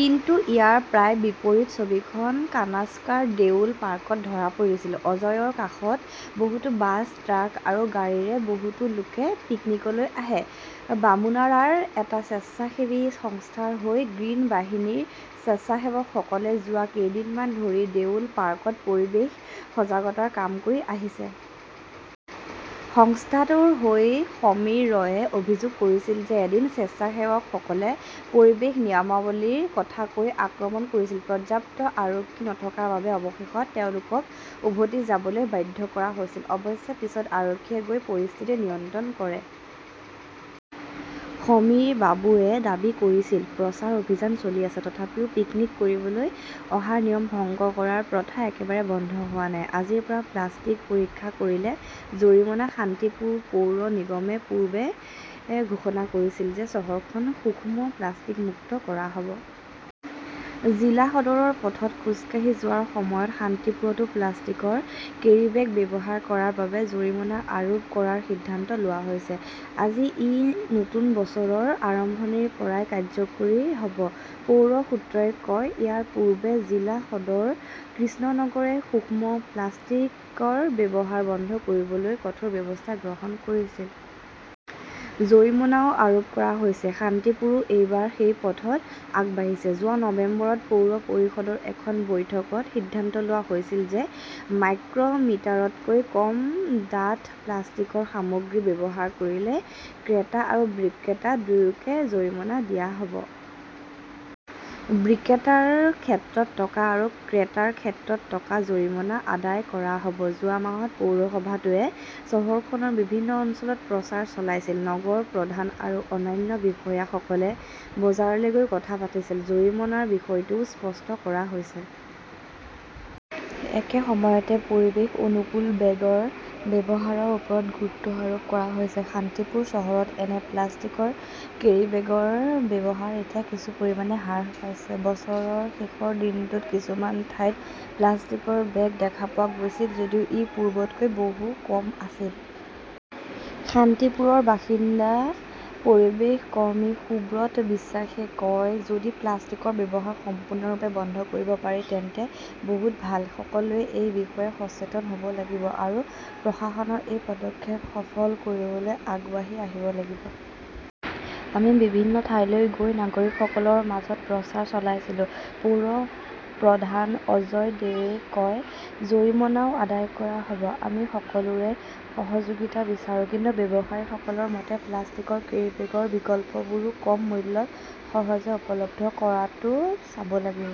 কিন্তু ইয়াৰ প্ৰায় বিপৰীত ছবিখন কানক্সাৰ দেউল পাৰ্কত ধৰা পৰিছিল। অজয়ৰ কাষত বহুতো বাছ, ট্ৰাক আৰু গাড়ীৰে বহুতো লোকে পিকনীলৈ আহে। বামুনাৰাৰ এটা স্বেচ্ছাসেৱী সংস্থাৰ হৈ 'গ্ৰীণ বাহিনী "ৰ স্বেচ্ছাসেৱকসকলে যোৱা কেইদিনমান ধৰি দেউল পাৰ্কত পৰিৱেশ সজাগতাৰ কাম কৰি আহিছে। সংস্থাটোৰ হৈ সমীৰ ৰয়ে অভিযোগ কৰিছিল যে এদিন স্বেচ্ছাসেৱকসকলে পৰিৱেশ নিয়মাৱলীৰ কথা কৈ আক্ৰমণ কৰিছিল। পৰ্যাপ্ত আৰক্ষী নথকাৰ বাবে অৱশেষত তেওঁলোকক উভতি যাবলৈ বাধ্য কৰা হৈছিল। অৱশ্যে পিছত আৰক্ষীয়ে গৈ পৰিস্থিতি নিয়ন্ত্ৰণ কৰে। সমীৰ বাবুৱে দাবী কৰিছিল, "প্ৰচাৰ অভিযান চলি আছে। তথাপিও, পিকনিক কৰিবলৈ অহাৰ নিয়ম ভংগ কৰাৰ প্ৰথা একেবাৰে বন্ধ হোৱা নাই। "। আজিৰ পৰা প্লাষ্টিক পৰীক্ষা কৰিলে জৰিমনা শান্তিপুৰ পৌৰ নিগমে পূৰ্বে ঘোষণা কৰিছিল যে চহৰখন সূক্ষ্ম প্লাষ্টিক মুক্ত কৰা হ 'ব। জিলা সদৰৰ পথত খোজ কাঢ়ি যোৱাৰ সময়ত শান্তিপুৰতো প্লাষ্টিকৰ কেৰীবেগ ব্যৱহাৰ কৰাৰ বাবে জৰিমনা আৰোপ কৰাৰ সিদ্ধান্ত লোৱা হৈছে। আজি, ই নতুন বছৰৰ আৰম্ভণিৰ পৰাই কাৰ্যকৰী হ 'ব, পৌৰ সূত্ৰই কয়। ইয়াৰ পূৰ্বে জিলা সদৰ কৃষ্ণনগৰে সূক্ষ্ম প্লাষ্টিকৰ ব্যৱহাৰ বন্ধ কৰিবলৈ কঠোৰ ব্যৱস্থা গ্ৰহণ কৰিছিল। জৰিমনাও আৰোপ কৰা হৈছে। শান্তিপুৰো এইবাৰ সেই পথত আগবাঢ়িছে। যোৱা নৱেম্বৰত পৌৰ পৰিষদৰ এখন বৈঠকত সিদ্ধান্ত লোৱা হৈছিল যে মাইক্ৰ "মিটাৰতকৈ কম ডাঠ প্লাষ্টিকৰ সামগ্ৰী ব্যৱহাৰ কৰিলে ক্ৰেতা আৰু বিক্ৰেতা দুয়োকে জৰিমনা দিয়া হ" ব। বিক্ৰেতাৰ ক্ষেত্ৰত টকা আৰু ক্ৰেতাৰ ক্ষেত্ৰত টকা জৰিমনা আদায় কৰা হ "ব। যোৱা মাহত পৌৰসভাটোৱে চহৰখনৰ বিভিন্ন অঞ্চলত প্ৰচাৰ চলাইছিল। নগৰ প্ৰধান আৰু অন্যান্য বিষয়াসকলে বজাৰলৈ গৈ কথা পাতিছিল। জৰিমনাৰ বিষয়টোও স্পষ্ট কৰা হৈছে। একে সময়তে, পৰিৱেশ-অনুকূল বেগৰ ব্যৱহাৰৰ ওপৰত গুৰুত্ব আৰোপ কৰা হৈছে। শান্তিপুৰ চহৰত এনে প্লাষ্টিকৰ কেৰিব্যাগৰ ব্যৱহাৰ এতিয়া কিছু পৰিমাণে হ্ৰাস পাইছে। বছৰৰ শেষৰ দিনটোত কিছুমান ঠাইত প্লাষ্টিকৰ বেগ দেখা পোৱা গৈছিল যদিও ই পূৰ্বতকৈ বহু কম আছিল। শান্তিপুৰৰ বাসিন্দা পৰিৱেশ কৰ্মী সুব্ৰত বিশ্বাসে কয়, "যদি প্লাষ্টিকৰ ব্যৱহাৰ সম্পূৰ্ণৰূপে বন্ধ কৰিব পাৰি তেন্তে বহুত ভাল। সকলোৱে এই বিষয়ে সচেতন হ "ব লাগিব আৰু প্ৰশাসনৰ এই পদক্ষেপ সফল কৰিবলৈ আগবাঢ়ি আহিব লাগিব। "আমি বিভিন্ন ঠাইলৈ গৈ নাগৰিকসকলৰ মাজত প্ৰচাৰ চলাইছিলো", পৌৰ প্ৰধান অজয় দেয়ে কয়। জৰিমনাও আদায় কৰা হ "ব। আমি সকলোৰে সহযোগিতা বিচাৰো। "কিন্তু ব্যৱসায়ীসকলৰ মতে, প্লাষ্টিকৰ কেৰিব্যাগৰ বিকল্পবোৰো কম মূল্যত সহজে উপলব্ধ কৰাটো চাব লাগিব।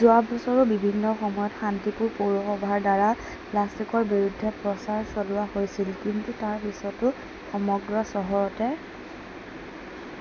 যোৱা বছৰো বিভিন্ন সময়ত শান্তিপুৰ পৌৰসভাৰ দ্বাৰা প্লাষ্টিকৰ বিৰুদ্ধে প্ৰচাৰ চলোৱা হৈছিল। কিন্তু তাৰ পিছতো সমগ্ৰ চহৰতে